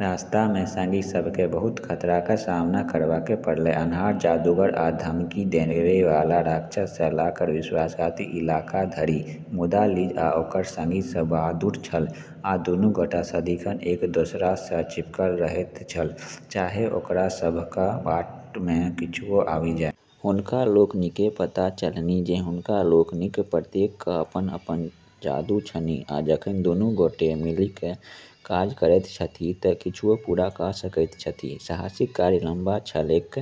रास्तामे संगी सभकेँ बहुत खतराक सामना करबाक पड़लै, अन्हार जादूगर आ धमकी देबैवाला राक्षससँ लऽ कऽ विश्वासघाती इलाका धरि। मुदा लिज आ ओकर संगी सभ बहादुर छल, आ दूनू गोटे सदिखन एक दोसरासँ चिपकल रहैत छल, चाहे ओकरा सभक बाटमे किछुओ आबि जाय। हुनका लोकनिकेँ पता चललनि जे हुनका लोकनिक प्रत्येकक अपन-अपन जादू छनि आ जखन दूनू गोटे मिलिकऽ काज करैत छथि तऽ किछुओ पूरा कऽ सकैत छथि। साहसिक कार्य लंबा छलैक,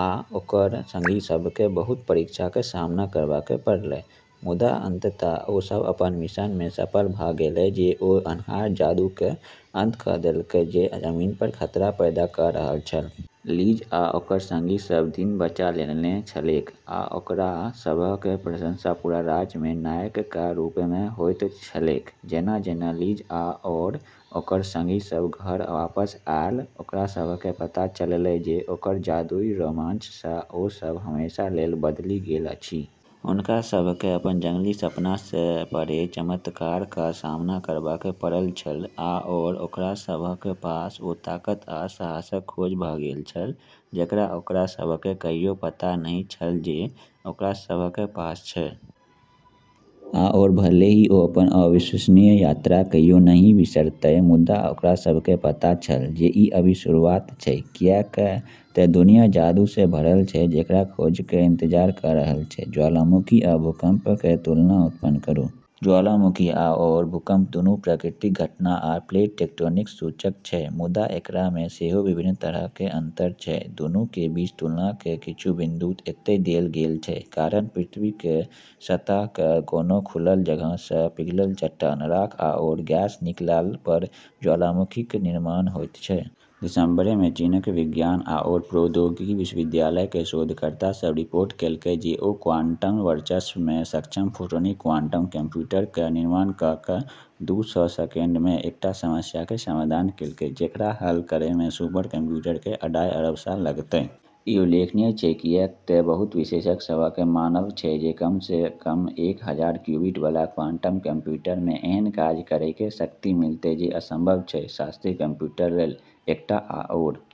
आओर संगी सभकेँ बहुत परीक्षाक सामना करबाक पड़लै, मुदा अंततः, ओ सभ अपन मिशनमे सफल भऽ गेलै जे ओ अन्हार जादूक अंत कऽ देलकै जे जमीनपर खतरा पैदा कऽ रहल छल। लिज आ ओकर संगी सभ दिन बचा लेने छलैक, आ ओकरा सभक प्रशंसा पूरा राज्यमे नायकक रूपमे होइत छलैक। जेना-जेना लिज आओर ओकर संगी सभ घर वापस आएल, ओकरा सभकेँ पता चललै जे ओकर जादुई रोमांचसँ ओ सभ हमेशा लेल बदलि गेल अछि। हुनका सभकेँ अपन जंगली सपनासँ परे चमत्कारक सामना करबाक पड़ल छल आओर ओकरा सभक पास ओ ताकत आ साहसक खोज भऽ गेल छल जेकरा ओकरा सभकेँ कहियो पता नहि छल जे ओकरा सभक पास छै। आओर भले ही ओ अपन अविश्वसनीय यात्राकेँ कहियो नहि बिसरतै, मुदा ओकरा सभकेँ पता छल जे ई अभी शुरुआत छै, किऐक तऽ दुनिया जादूसँ भरल छल जेकरा खोजक इंतजार कऽ रहल छै। ज्वालामुखी आ भूकम्पक तुलना उत्पन्न करू। ज्वालामुखी आओर भूकंप दूनू प्राकृतिक घटना आ प्लेट टेक्टोनिक्सक सूचक छै, मुदा एकरामे सेहो विभिन्न तरहक अंतर छै। दूनू के बीच तुलनाक किछु बिंदु एतय देल गेल छै: कारण: पृथ्वीक सतहक कोनो खुलल जगहसँ पिघलल चट्टान, राख आओर गैस निकललापर ज्वालामुखीक निर्माण होइत छै। दिसंबरमे चीनक विज्ञान आओर प्रौद्योगिकी विश्वविद्यालयक शोधकर्ता सभ रिपोर्ट कएलकै जे ओ क्वांटम वर्चस्वमे सक्षम फोटोनिक क्वांटम कंप्यूटरक निर्माण कऽ कऽ दू सय सेकंडमे एकटा समस्याक समाधान कएलकै जेकरा हल करैमे सुपर कंप्यूटरकेँ अढ़ाई अरब साल लगतै। ई उल्लेखनीय छै, किऐक तऽ बहुत विशेषज्ञ सभक मानब छै जे कमसँ कम एक हजार क्यूबिट बला क्वांटम कंप्यूटरमे एहन काज करैके शक्ति मिलतै जे असंभव छै शास्त्रीय कंप्यूटर लेल। एकटा आओर।